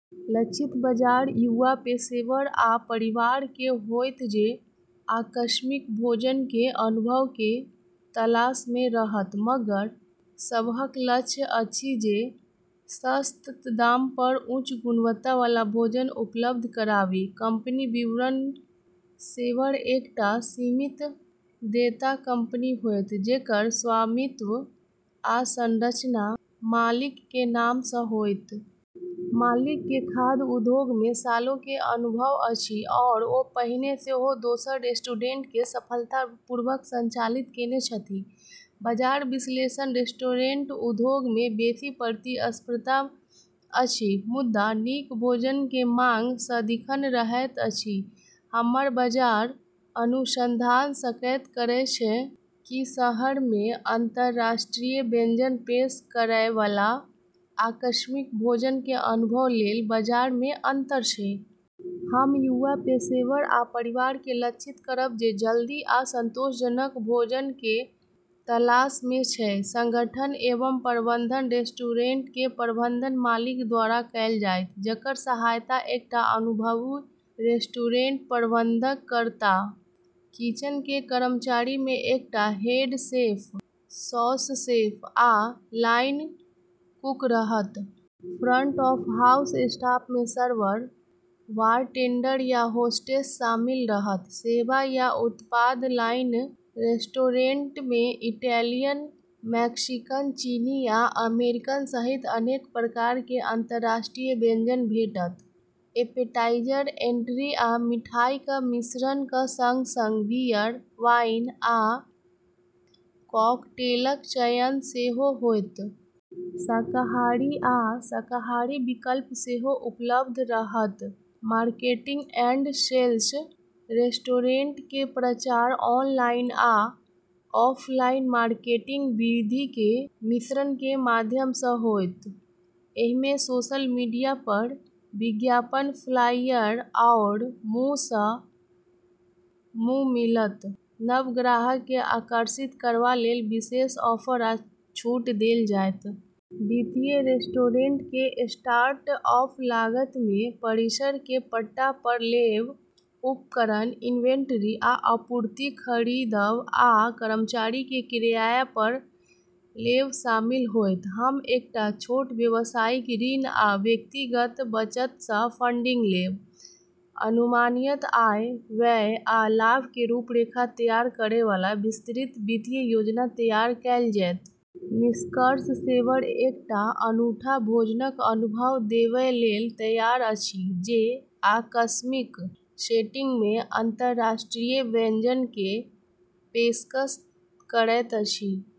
लक्षित बाजार युवा पेशेवर आ परिवारके होयत जे आकस्मिक भोजनके अनुभवके तलाशमे रहत। हमर सबहक लक्ष्य अछि जे सस्त दाम पर उच्च गुणवत्ताबला भोजन उपलब्ध कराबी। कंपनी विवरण सेवर एकटा सीमित देयता कंपनी होयत जेकर स्वामित्व आ संचालन [मालिकके नाम] सँ होइत । मालिकके खाद्य उद्योगमे सालोंके अनुभव अछि आओर ओ पहिने सेहो दोसर रेस्टोरेंटके सफलतापूर्वक संचालित केने छथि। बाजार विश्लेषण रेस्टोरेंट उद्योगमे बेसी प्रतिस्पर्धा अछि, मुदा नीक भोजनके मांग सदिखन रहैत अछि। हमर बाजार अनुसंधान संकेत करै छै कि शहरमे अंतरराष्ट्रीय व्यंजन पेश करैबला आकस्मिक भोजनके अनुभव लेल बाजारमे अंतर छै। हम युवा पेशेवर आ परिवारके लक्षित करब जे जल्दी आ संतोषजनक भोजनके तलाशमे छै। संगठन एवं प्रबंधन रेस्टोरेंटके प्रबंधन मालिक द्वारा कयल जाइत, जकर सहायता एकटा अनुभवी रेस्टोरेंट प्रबंधक करताह किचनके कर्मचारीमे एकटा हेड शेफ, सौस शेफ, आ लाइन कुक रहत। फ्रंट ऑफ हाउस स्टाफमे सर्वर, बारटेंडर आ होस्टेस शामिल रहत। सेवा या उत्पाद लाइन रेस्टोरेंटमे इटैलियन, मैक्सिकन, चीनी आ अमेरिकन सहित अनेक प्रकारके अंतर्राष्ट्रीय व्यंजन भेटत। ऐपेटाइज़र, एंट्री, आ मिठाईक मिश्रणक संग-संग बियर, वाइन, आ कॉकटेलक चयन सेहो होइत । शाकाहारी आ शाकाहारी विकल्प सेहो उपलब्ध रहत। मार्केटिंग एंड सेल्स रेस्टोरेंटके प्रचार ऑनलाइन आ ऑफलाइन मार्केटिंग विधिके मिश्रणके माध्यमसँ होइत । एहिमे सोशल मीडिया पर विज्ञापनफ्लाईयर आओर मुंहसँ मुंह मिलत। नव ग्राहकके आकर्षित करबा लेल विशेष ऑफर आ छूट देल जाइत । वित्तीय रेस्टोरेंटके स्टार्ट-अप लागतमे परिसरके पट्टा पर लेब, उपकरण, इन्वेंट्री, आ आपूर्ति खरीदब, आ कर्मचारीके किराया पर लेब शामिल होइत । हम एकटा छोट व्यवसायिक ऋण आ व्यक्तिगत बचतसँ फंडिंग लेब। अनुमानित आय, व्यय, आ लाभके रूपरेखा तैयार करैबला विस्तृत वित्तीय योजना तैयार कैल जेतय। निष्कर्ष सेवर एकटा अनूठा भोजनक अनुभव देबय लेल तैयार अछि, जे आकस्मिक सेटिंगमे अंतरराष्ट्रीय व्यंजनके पेशकश करैत अछि।